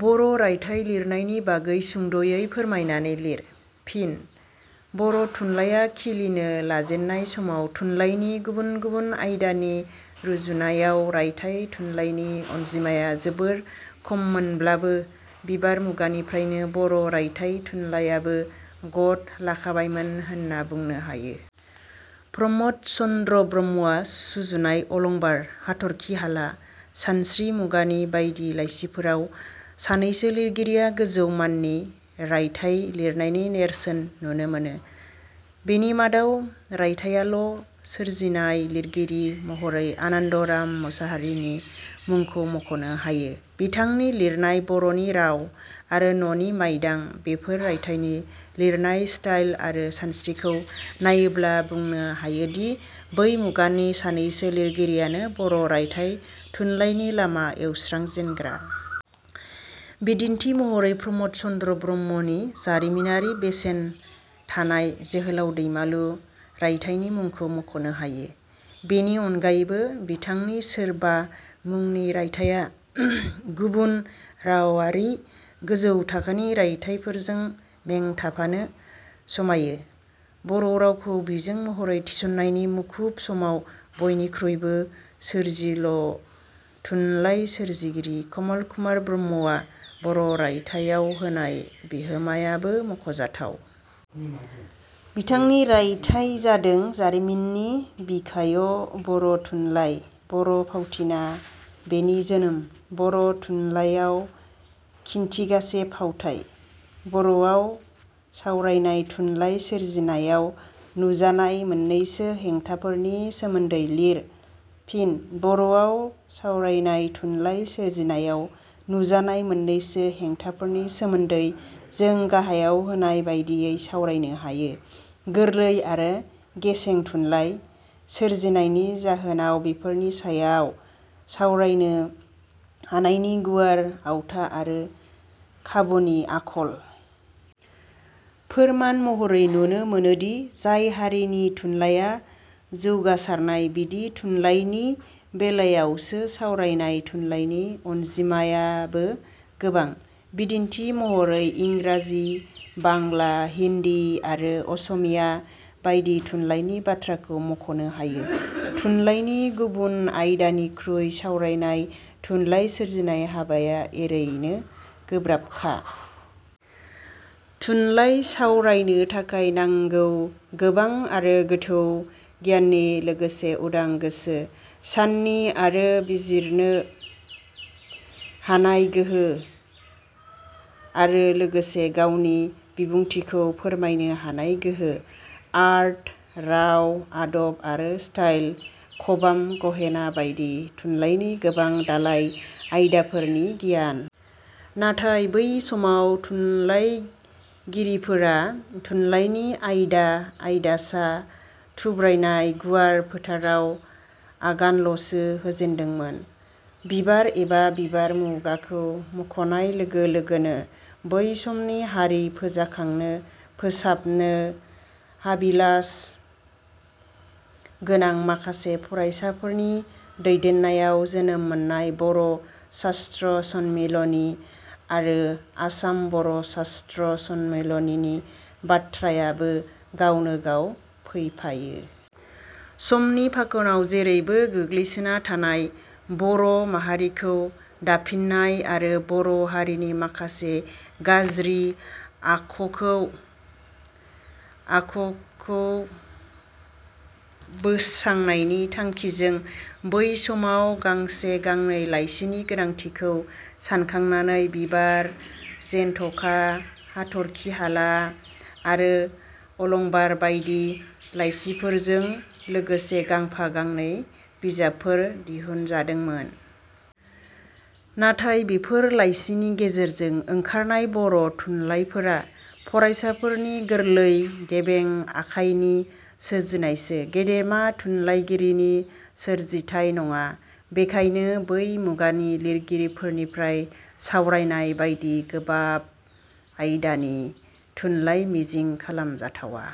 बर' रायथाइ लिरनायनि बागै सुंद 'यै फोरमायनानै लिर। फिनः बर' थुनलाइया खिलिनो लाजेननाय समाव थुनलाइनि गुबुन गुबुन आयदानि रुजुनायाव रायथाइ थुनलाइनि अनजिमाया जोबोर खममोनब्लाबो बिबार मुगानिफ्रायनो बर' रायथाइ थुनलाइयाबो गद लाखाबायमोन होनना बुंनो हायो। प्रम 'द चन्द्र ब्रह्मआ सुजुनाय अलंबार, हाथर्खिहाला, सानस्रि मुगानि बायदि लाइसिफोराव सानैसो लिरगिरिया गोजौ माननि रायथाइ लिरनायनि नेरसोन नुनो मोनो। बेनि मादाव रायथाइयाल' सोरजिनाय लिरगिरि महरै आनन्द राम मसाहारिनि मुंखौ मख'नो हायो। बिथांनि लिरनाय 'बर'नि राव' आरो 'ननि माइदां'- बेफोर रायथाइनि लिरनाय ष्टाइल आरो सानस्रिखौ नायोब्ला बुंनो हायोदि बै मुगानि सानैसो लिरगिरियानो बर' रायथाइ थुनलाइनि लामा एवस्रांजेनग्रा। बिदिन्थि महरै प्रम'द चन्द्र ब्रह्मनि जारिमिनारि बेसेन थानाय 'जोहोलाव दैमालु' रायथाइनि मुंखौ मख'नो हायो। बेनि अनगायैबो बिथांनि 'सोरबा' मुंनि रायथाइया गुबुन रावारि गोजौ थाखोनि रायथाइफोरजों में थाफानो समायो। बर' रावखौ बिजों महरै थिसननायनि मुखुब समाव बइनिख्रुइबो सोरजिल थुनलाइ सोरजिगिरि कमल कुमार ब्रह्मआ बर' रायथाइयाव होनाय बिहोमायाबो मख 'जाथाव। बिथांनि रायथाइ जादों- 'जारिमिननि बिखायव बर' थुनलाइ', 'बर' फावथिना: बेनि जोनोम', 'बर' थुनफावथाइयाव खिनथिगासे फावथाइ'। बर'वाव सावरायनाय थुनलाइ सोरजिनायाव नुजानाय मोननैसो हेंथाफोरनि सोमोन्दै लिर। फिनः बर'वाव सावरायनाय थुनलाइ सोरजिनायाव नुजानाय मोननैसो हें थाफोरनि सोमोन्दै जों गाहायाव होनाय बादियै सावरायनो हायो- गोरलै आरो गेसें थुनलाइ सोरजिनायनि जाहोनाव बेफोरनि सायाव सावरायनो हानायनि गुवार आवथा आरो खाबुनि आखल। फोरमान महरै नुनो मोनोदि जाय हारिनि थुनलाइया जौगासारनाय बिदि थुनलाइनि बेलायावसो सावरायनाय थुनलाइनि अनजिमायाबो गोबां। बिदिन्थि महरै इंराजि, बांला, हिन्दी आरो असमिया बायदि थुनलाइनि बाथ्राखौ मख 'नो हायो। थुनलाइनि गुबुन आयदानिख्रुइ सावरायनाय थुनलाइ सोरजिनाय हाबाया एरैनो गोब्राबखा। थुनलाइ सावरायनो थाखाय नांगौ गोबां आरो गोथौ गियाननि लोगोसे उदां गोसो, साननि आरो बिजिरनो हानाय गोहो आरो लोगोसे गावनि बिबुंथिखौ फोरमायनो हानाय गोहो, आर्ट, राव- आदब आरो ष्टाइल, खबाम, गहेना बायदि थुनलाइनि गोबां दालाइ आयदाफोरनि गियान। नाथाय बै समाव थुनलाइगिरिफोरा थुनलाइनि आयदा आयदासा थुब्रायनाय गुवार फोथाराव आगानल 'सो होजेनदोंमोन। 'बिबार' एबा 'बिबार' मुगाखौ मख'नाय लोगो लोगोनो बै समनि हारि फोजाखांनो, फोसाबनो हाबिलास गोनां माखासे, फरायसाफोरनि दैदेननायाव जोनोम मोननाय 'बर' सात्र सन्मीलनी' आरो 'आसाम बर' सात्र सन्मीलनी'नि बाथ्रायाबो गावनो गाव फैफायो। समनि फाखनाव जेरैबो गोग्लैसोना थानाय बर' माहारिखौ दाफिननाय आरो बर' हारिनि माखासे गाज्रि आखुखौ आखुखौ बोस्रांनायनि थांखिजों बै समाव गांसे गांनै लाइसिनि गोनांथिखौ सानखांनानै 'बिबार', 'जेनथखा', 'हाथरखिहाला' आरो 'अलंबार' बायदि लाइसिफोरजों लोगोसे गांफा गांनै बिजाबफोर दिहुनजादोंमोन। नाथाय बेफोर लाइसिनि गेजेरजों ओंखारनाय बर' थुनलाइफोरा फरायसाफोरनि गोरलै गेबें आखाइनि सोरजिनायसो, गेदेमा थुनलाइगिरिनि सोरजिथाइ नङा। बेखायनो बै मुगानि लिरगिरिफोरनिफ्राय सावरायनाय: बादि गोबाब आयदानि थुनलाइ मिजिं खालामजाथावा।